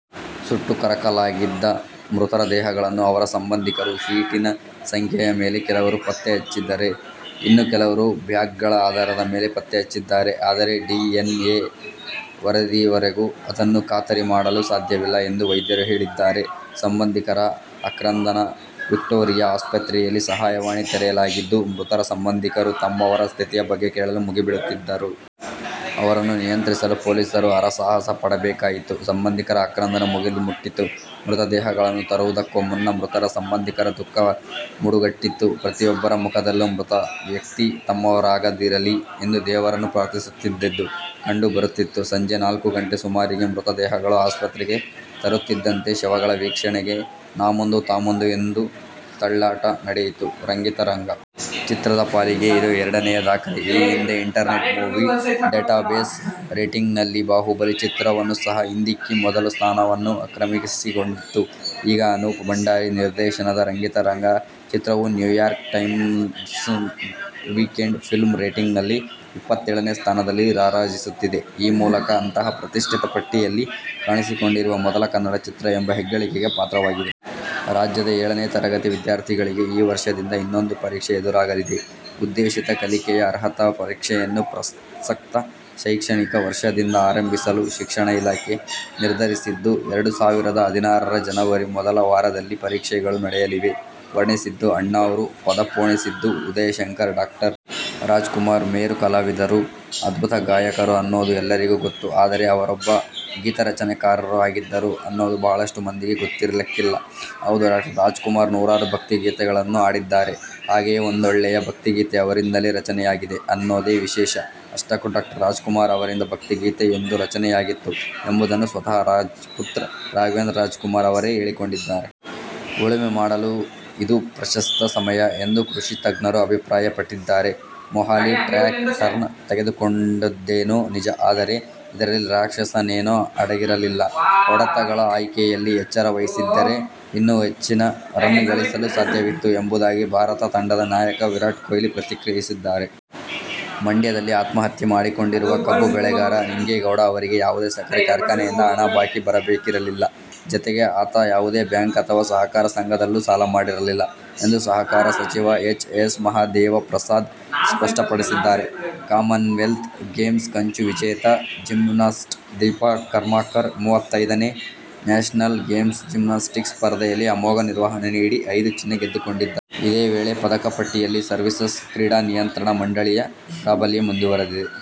ಸುಟ್ಟು ಕರಕಲಾಗಿದ್ದ ಮೃತರ ದೇಹಗಳನ್ನು ಅವರ ಸಂಬಂಧಿಕರು ಸೀಟಿನ ಸಂಖ್ಯೆಯ ಮೇಲೆ ಕೆಲವರು ಪತ್ತೆ ಹಚ್ಚಿದರೆ, ಇನ್ನು ಕೆಲವರು ಬ್ಯಾಗ್ಗಳ ಆಧಾರದ ಮೇಲೆ ಪತ್ತೆಹಚ್ಚಿದ್ದಾರೆ. ಅದರೆ, ಡಿಎನ್ಎ ವರದಿವರೆಗೂ ಅದನ್ನು ಖಾತರಿ ಮಾಡಲು ಸಾಧ್ಯವಿಲ್ಲ ಎಂದು ವೈದ್ಯರು ಹೇಳಿದ್ದಾರೆ. ಸಂಬಂಧಿಕರ ಆಕ್ರಂದನವಿಕ್ಟೋರಿಯಾ ಆಸ್ಪತ್ರೆಯಲ್ಲಿ ಸಹಾಯವಾಣಿ ತೆರೆಯಲಾಗಿದ್ದು, ಮೃತರ ಸಂಬಂಧಿಕರು ತಮ್ಮವರ ಸ್ಥಿತಿಯ ಬಗ್ಗೆ ಕೇಳಲು ಮುಗಿ ಬೀಳುತ್ತಿದ್ದರು. ಅವರನ್ನು ನಿಯಂತ್ರಿಸಲು ಪೊಲೀಸರು ಹರಸಾಹಸ ಪಡಬೇಕಾಯಿತು. ಸಂಬಂಧಿಕರ ಆಕ್ರಂದನ ಮುಗಿಲು ಮುಟ್ಟಿತ್ತು. ಮೃತದೇಹಗಳನ್ನು ತರುವುದಕ್ಕೂ ಮುನ್ನ ಮೃತರ ಸಂಬಂಧಿಕರ ದುಃಖ ಮಡುಗಟ್ಟಿತ್ತು. ಪ್ರತಿಯೊಬ್ಬರ ಮುಖದಲ್ಲೂ ಮೃತ ವ್ಯಕ್ತಿ ತಮ್ಮವರಾಗದಿರಲಿ ಎಂದು ದೇವರನ್ನು ಪ್ರಾರ್ಥಿಸುತ್ತಿದ್ದದ್ದು ಕಂಡು ಬರುತ್ತಿತ್ತು. ಸಂಜೆ ನಾಲ್ಕು ಗಂಟೆ ಸುಮಾರಿಗೆ ಮೃತ ದೇಹಗಳು ಆಸ್ಪತ್ರೆಗೆ ತರುತ್ತಿದ್ದಂತೆ ಶವಗಳ ವೀಕ್ಷಣೆಗೆ ನಾಮುಂದು-ತಾಮುಂದೂ ಎಂದು ತಳ್ಳಾಟ ನಡೆಯಿತು. ರಂಗಿತರಂಗ ಚಿತ್ರದ ಪಾಲಿಗೆ ಇದು ಎರಡನೆಯ ದಾಖಲೆ. ಈ ಹಿಂದೆ ಇಂಟರ್ನೆಟ್ ಮೂವಿ ಡೇಟಾಬೇಸ್ ರೇಟಿಂಗ್ನಲ್ಲಿ "ಬಾಹುಬಲಿ' ಚಿತ್ರವನ್ನೂ ಸಹ ಹಿಂದಿಕ್ಕಿ ಮೊದಲ ಸ್ಥಾನವನ್ನು ಆಕ್ರಮಿಸಿಕೊಂಡಿತ್ತು. ಈಗ ಅನೂಪ್ ಭಂಡಾರಿ ನಿರ್ದೇನದ ರಂಗಿತರಂಗ ಚಿತ್ರವು ನ್ಯೂಯಾರ್ಕ್ ಟೈಮ್ಸ್ನ ವೀಕೆಂಡ್ ಫಿಲ್ಮ್ ರೇಟಿಂಗ್ನಲ್ಲಿ ಇಪ್ಪತ್ತೇಳನೇ ಸ್ಥಾನದಲ್ಲಿ ರಾರಾಜಿಸುತ್ತಿದೆ। ಈ ಮೂಲಕ ಅಂತಹ ಪ್ರತಿಷ್ಠಿತ ಪಟ್ಟಿಯಲ್ಲಿ ಕಾಣಿಸಿಕೊಂಡಿರುವ ಮೊದಲ ಕನ್ನಡ ಚಿತ್ರ ಎಂಬ ಹೆಗ್ಗಳಿಕೆಗೆ ಪಾತ್ರವಾಗಿದೆ. ರಾಜ್ಯದ ಏಳನೇ ತರಗತಿ ವಿದ್ಯಾರ್ಥಿಗಳಿಗೆ ಈ ವರ್ಷದಿಂದ ಇನ್ನೊಂದು ಪರೀಕ್ಷೆ ಎದುರಾಗಲಿದೆ. ಉದ್ದೇಶಿತ ಕಲಿಕೆಯ ಅರ್ಹತಾ ಪರೀಕ್ಷೆಯನ್ನು ಪ್ರಸಕ್ತ ಶೈಕ್ಷಣಿಕ ವರ್ಷದಿಂದ ಆರಂಭಿಸಲು ಶಿಕ್ಷಣ ಇಲಾಖೆ ನಿರ್ಧರಿಸಿದ್ದು, ಎರಡು ಸಾವಿರದ ಹದಿನಾರರ ಜನವರಿ ಮೊದಲ ವಾರದಲ್ಲಿ ಪರೀಕ್ಷೆಗಳು ನಡೆಯಲಿವೆ. ವರ್ಣಿಸಿದ್ದು ಅಣ್ಣಾವ್ರು ಪದಪೋಣಿಸಿದ್ದು ಉದಯಶಂಕರ್, ಡಾ. ರಾಜ್ಕುಮಾರ್ ಮೇರು ಕಲಾವಿದರು, ಅದ್ಭುತ ಗಾಯಕರು ಅನ್ನೋದು ಎಲ್ಲರಿಗೂ ಗೊತ್ತು. ಆದರೆ, ಅವರೊಬ್ಬ ಗೀತರಚನೆಕಾರರೂ ಆಗಿದ್ದರು ಅನ್ನೋದು ಬಹಳಷ್ಟು ಮಂದಿಗೆ ಗೊತ್ತಿರಲಿಕ್ಕಿಲ್ಲ! ಹೌದು, ಡಾ. ರಾಜ್ಕುಮಾರ್ ನೂರಾರು ಭಕ್ತಿಗೀತೆಗಳನ್ನು ಹಾಡಿದ್ದಾರೆ. ಹಾಗೆಯೇ ಒಂದೊಳ್ಳೆಯ ಭಕ್ತಿಗೀತೆ ಅವರಿಂದಲೇ ರಚನೆಯಾಗಿದೆ ಅನ್ನೋದೇ ವಿಶೇಷ. ಅಷ್ಟಕ್ಕೂ ಡಾ. ರಾಜ್ಕುಮಾರ್ ಅವರಿಂದ ಭಕ್ತಿಗೀತೆಯೊಂದು ರಚನೆಯಾಗಿತ್ತು ಎಂಬುದನ್ನು ಸ್ವತಃ ರಾಜ್ ಪುತ್ರ ರಾಘವೇಂದ್ರ ರಾಜ್ಕುಮಾರ್ ಅವರೇ ಹೇಳಿಕೊಂಡಿದ್ದಾರೆ. ಉಳುಮೆ ಮಾಡಲು ಇದು ಪ್ರಶಸ್ತ ಸಮಯ ಎಂದು ಕೃಷಿ ತಜ್ಞರು ಅಭಿಪ್ರಾಯ ಪಟ್ಟಿದ್ದಾರೆ. ಮೊಹಾಲಿ ಟ್ರ್ಯಾಕ್ ಟರ್ನ್ ತೆಗೆದುಕೊಂಡದ್ದೇನೋ ನಿಜ, ಆದರೆ ಇದರಲ್ಲಿ ರಾಕ್ಷಸನೇನೂ ಅಡಗಿರಲಿಲ್ಲ. ಹೊಡೆತಗಳ ಆಯ್ಕೆಯಲ್ಲಿ ಎಚ್ಚರ ವಹಿಸಿದ್ದರೆ ಇನ್ನೂ ಹೆಚ್ಚಿನ ರನ್ ಗಳಿಸಲು ಸಾಧ್ಯವಿತ್ತು ಎಂಬುದಾಗಿ ಭಾರತ ತಂಡದ ನಾಯಕ ವಿರಾಟ್ ಕೊಹ್ಲಿ ಪ್ರತಿಕ್ರಿಯಿಸಿದ್ದಾರೆ. ಮಂಡ್ಯದಲ್ಲಿ ಆತ್ಮಹತ್ಯೆ ಮಾಡಿಕೊಂಡಿರುವ ಕಬ್ಬು ಬೆಳೆಗಾರ ನಿಂಗೇಗೌಡ ಅವರಿಗೆ ಯಾವುದೇ ಸಕ್ಕರೆ ಕಾರ್ಖಾನೆಯಿಂದ ಹಣ ಬಾಕಿ ಬರಬೇಕಿರಲಿಲ್ಲ. ಜತೆಗೆ ಆತ ಯಾವುದೇ ಬ್ಯಾಂಕ್ ಅಥವಾ ಸಹಕಾರ ಸಂಘದಲ್ಲೂ ಸಾಲ ಮಾಡಿರಲಿಲ್ಲ ಎಂದು ಸಹಕಾರ ಸಚಿವ ಎಚ್. ಎಸ್. ಮಹದೇವಪ್ರಸಾದ್ ಸ್ಪಷ್ಟಪಡಿಸಿದ್ದಾರೆ. ಕಾಮನ್ವೆಲ್ತ್ ಗೇಮ್ಸ್ ಕಂಚು ವಿಜೇತೆ ಜಿಮ್ನಾಸ್ಟ್ ದೀಪಾ ಕರ್ಮಾಕರ್ ಮೂವತೈದನೇ ನ್ಯಾಶನಲ್ ಗೇಮ್ಸ್ನ ಜಿಮ್ನಾಸ್ಟಿಕ್ಸ್ ಸ್ಪರ್ಧೆಯಲ್ಲಿ ಅಮೋಘ ನಿರ್ವಹಣೆ ನೀಡಿ ಐದು ಚಿನ್ನ ಗೆದ್ದುಕೊಂಡಿದ್ದಾರೆ. ಇದೇ ವೇಳೆ ಪದಕ ಪಟ್ಟಿಯಲ್ಲಿ ಸರ್ವೀಸಸ್ ಕ್ರೀಡಾ ನಿಯಂತ್ರಣ ಮಂಡಳಿ ಯ ಪ್ರಾಬಲ್ಯ ಮುಂದುವರಿದಿದೆ.